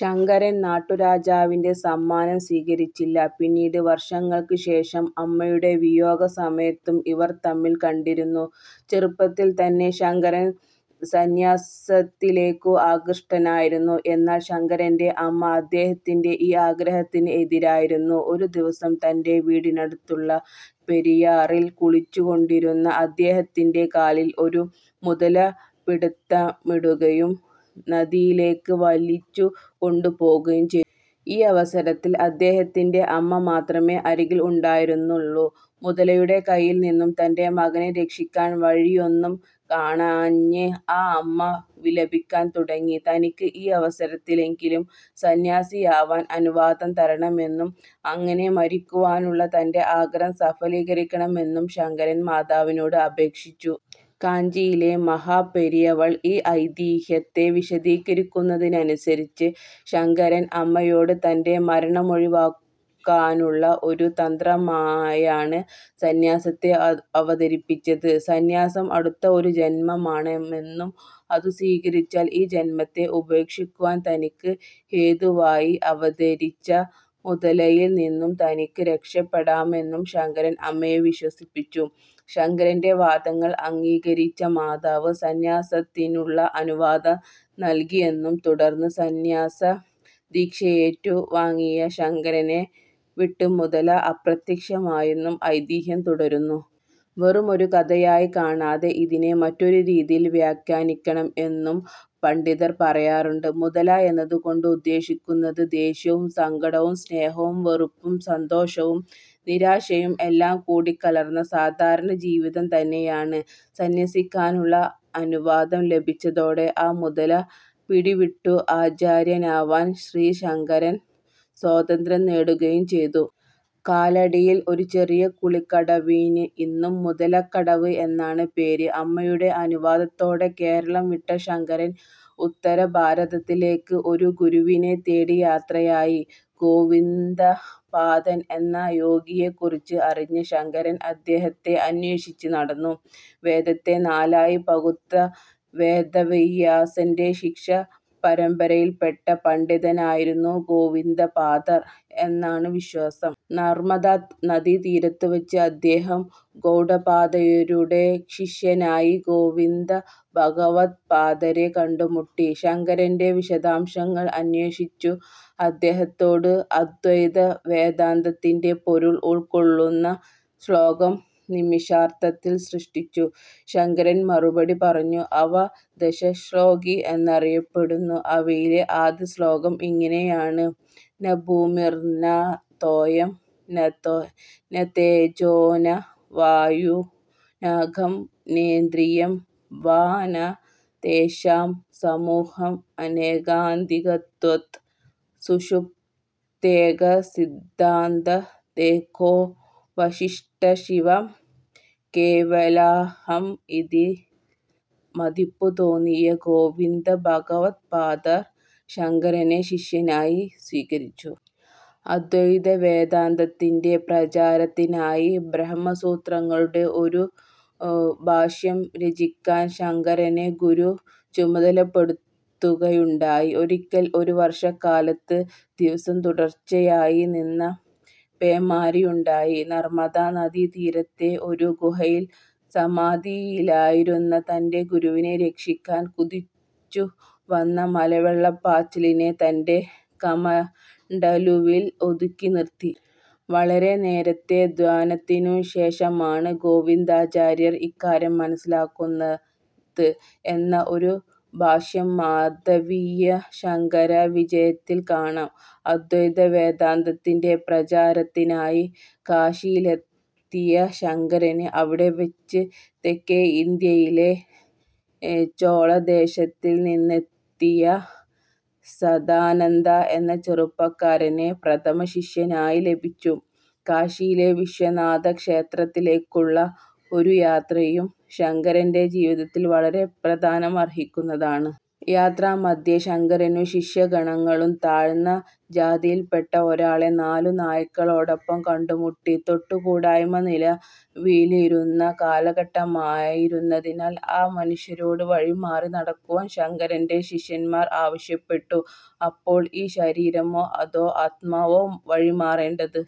ശങ്കരൻ നാട്ടുരാജാവിന്റെ സമ്മാനം സ്വീകരിച്ചില്ല. പിന്നീട് വർഷങ്ങൾക്ക് ശേഷം അമ്മയുടെ വിയോഗസമയത്തും ഇവർ തമ്മിൽ കണ്ടിരുന്നു. ചെറുപ്പത്തിൽ തന്നെ ശങ്കരൻ സന്ന്യാസത്തിലേക്കു ആകൃഷ്ടനായിരുന്നു. എന്നാൽ ശങ്കരന്റെ അമ്മ അദ്ദേഹത്തിന്റെ ഈ ആഗ്രഹത്തിന് എതിരായിരുന്നു. ഒരു ദിവസം തന്റെ വീട്ടിനടുത്തുള്ള പെരിയാറിൽ കുളിച്ചു കൊണ്ടിരുന്ന അദ്ദേഹത്തിന്റെ കാലിൽ ഒരു മുതല പിടിത്തമിടുകയും നദിയിലേക്കു വലിച്ചു കൊണ്ടു പോകുകയും ചെയ്തു. ഈ അവസരത്തിൽ അദ്ദേഹത്തിന്റെ അമ്മ മാത്രമേ അരികിൽ ഉണ്ടായിരുന്നുള്ളൂ. മുതലയുടെ കയ്യിൽ നിന്നു തന്റെ മകനെ രക്ഷിക്കാൻ വഴിയൊന്നും കാണാഞ്ഞ് ആ അമ്മ വിലപിക്കാൻ തുടങ്ങി. തനിക്ക് ഈ അവസരത്തിലെങ്കിലും സന്ന്യാസിയാവാൻ അനുവാദം തരണമെന്നും അങ്ങനെ മരിക്കുവാനുള്ള തന്റെ ആഗ്രഹം സഫലീകരിക്കണമെന്നും ശങ്കരൻ മാതാവിനോട് അപേക്ഷിച്ചു. കാഞ്ചിയിലെ മഹാപെരിയവൾ ഈ ഐതിഹ്യത്തെ വിശദീകരിക്കുന്നതനുസരിച്ച്, ശങ്കരൻ അമ്മയോട് തന്റെ മരണമൊഴിവാക്കാനുള്ള ഒരു തന്ത്രമായാണ് സന്ന്യാസത്തെ അവതരിപ്പിച്ചത്. സന്ന്യാസം അടുത്ത ഒരു ജന്മമാണെന്നും അതു സ്വീകരിച്ചാൽ, ഈ ജന്മത്തെ ഉപേക്ഷിക്കുവാൻ തനിക്കു ഹേതുവായി അവതരിച്ച മുതലയിൽ നിന്നും തനിക്കു രക്ഷപ്പെടാമെന്നും ശങ്കരൻ അമ്മയെ വിശ്വസിപ്പിച്ചു. ശങ്കരന്റെ വാദങ്ങൾ അംഗീകരിച്ച മാതാവ് സന്ന്യാസത്തിനുള്ള അനുവാദം നൽകിയെന്നും തുടർന്ന് സന്ന്യാസദീക്ഷയേറ്റു വാങ്ങിയ ശങ്കരനെ വിട്ട് മുതല അപ്രത്യക്ഷമായെന്നും ഐതിഹ്യം തുടരുന്നു. വെറുമൊരു കഥയായി കാണാതെ ഇതിനെ മറ്റൊരു രീതിയിൽ വ്യാഖ്യാനിക്കണം എന്നും പണ്ഡിതർ പറയാറുണ്ട്. മുതല എന്നതു കൊണ്ട് ഉദ്ദേശിക്കുന്നത് ദേഷ്യവും സങ്കടവും സ്നേഹവും വെറുപ്പം സന്തോഷവും നിരാശയും എല്ലാം കൂടിക്കലർന്ന സാധാരണ ജീവിതം തന്നെയാണ്. സന്യസിക്കാനുള്ള അനുവാദം ലഭിച്ചതോടെ ആ 'മുതല' പിടിവിട്ടു. ആചാര്യനാവാൻ ശ്രീശങ്കരൻ സ്വാതന്ത്ര്യം നേടുകയും ചെയ്തു. കാലടിയിൽ ഒരു ചെറിയ കുളിക്കടവിന് ഇന്നും "മുതലക്കടവ്" എന്നാണ് പേര്. അമ്മയുടെ അനുവാദത്തോടെ കേരളം വിട്ട ശങ്കരൻ ഉത്തര ഭാരതത്തിലേക്ക് ഒരു ഗുരുവിനെ തേടി യാത്രയായി. ഗോവിന്ദപാദൻ എന്ന യോഗിയെക്കുറിച്ച് അറിഞ്ഞ ശങ്കരൻ അദ്ദേഹത്തെ അന്വേഷിച്ച് നടന്നു. വേദത്തെ നാലായി പകുത്ത വേദവ്യാസന്റെ ശിഷ്യ പരമ്പരയിൽപ്പെട്ട പണ്ഡിതനായിരുന്നു ഗോവിന്ദപാദർ എന്നാണ് വിശ്വാസം. നർമദാ നദീതീരത്തു വച്ച് അദ്ദേഹം ഗൗഡപാദരുടെ ശിഷ്യനായ ഗോവിന്ദഭഗവദ്പാദരെ കണ്ടു മുട്ടി. ശങ്കരന്റെ വിശദാംശങ്ങൾ അന്വേഷിച്ച അദ്ദേഹത്തോട്, അദ്വൈത വേദാന്തത്തിന്റെ പൊരുൾ ഉൾക്കൊള്ളുന്ന ശ്ലോകം നിമിഷാർദ്ധത്തിൽ സൃഷ്ടിച്ചു ശങ്കരൻ മറുപടി പറഞ്ഞു. അവ ദശശ്ലോകി എന്നറിയപ്പെടുന്നു. അവയിലെ ആദ്യ ശ്ലോകം ഇങ്ങനെയാണ്. ന ഭൂമിർന തോയം ന തേജോ ന വായുഃന ഖം നേന്ദ്രിയം വാ ന തേഷാം സമൂഹഃഅനേകാന്തികത്വാത് സുഷുപ്ത്യേകസിദ്ദഃതദേകോഽവശിഷ്ടഃ ശിവഃ കേവലോഽഹം ഇതിൽ മതിപ്പു തോന്നിയ ഗോവിന്ദഭഗവദ്പാദർ ശങ്കരനെ ശിഷ്യനായി സ്വീകരിച്ചു. അദ്വൈത വേദാന്തത്തിന്റെ പ്രചാരത്തിനായി ബ്രഹ്മസൂത്രങ്ങളുടെ ഒരു ഭാഷ്യം രചിക്കാൻ ശങ്കരനെ ഗുരു ചുമതലപ്പെടുത്തുകയുണ്ടായി. ഒരിക്കൽ ഒരു വർഷക്കാലത്ത് ദിവസം തുടർച്ചയായി നിന്ന പേമാരിയുണ്ടായി. നർമദാ നദീ തീരത്തെ ഒരു ഗുഹയിൽ സമാധിയിലായിരുന്ന തന്റെ ഗുരുവിനെ രക്ഷിക്കാൻ, കുതിച്ചു വന്ന മലവെള്ളപ്പാച്ചിലിനെ തന്റെ കമണ്ഡലുവിൽ ഒതുക്കി നിർത്തി. വളരെ നേരത്തെ ധ്യാനത്തിനു ശേഷമാണ് ഗോവിന്ദാചാര്യർ ഇക്കാര്യം മനസ്സിലാക്കുന്നത് എന്ന ഒരു ഭാഷ്യം മാധവീയ ശങ്കരവിജയത്തിൽ കാണാം. അദ്വൈത വേദാന്തത്തിന്റെ പ്രചാരത്തിനായി കാശിയിലെത്തിയ ശങ്കരന്, അവിടെ വച്ച് തെക്കേ ഇന്ത്യയിലെ ചോളദേശത്തിൽ നിന്നെത്തിയ സദാനന്ദ എന്ന ചെറുപ്പക്കാരനെ പ്രഥമ ശിഷ്യനായി ലഭിച്ചു. കാശിയിലെ വിശ്വനാഥ ക്ഷേത്രത്തിലേക്കുള്ള ഒരു യാത്രയും ശങ്കരന്റെ ജീവിതത്തിൽ വളരെ പ്രാധാന്യമർഹിക്കുന്നതാണ്. യാത്രാമധ്യേ, ശങ്കരനും ശിഷ്യഗണങ്ങളും താഴ്ന്ന ജാതിയിൽ പെട്ട ഒരാളെ നാലു നായ്ക്കളോടൊപ്പം കണ്ടു മുട്ടി. 'തൊട്ടു കൂടായ്മ' നിലവിലിരുന്ന കാലഘട്ടമായിരുന്നതിനാൽ, ആ മനുഷ്യനോട് വഴി മാറി നടക്കുവാൻ ശങ്കരന്റെ ശിഷ്യന്മാർ ആവശ്യപ്പെട്ടു. അപ്പോൾ, "ഈ ശരീരമോ അതോ ആത്മാവോ വഴി മാറേണ്ടത്"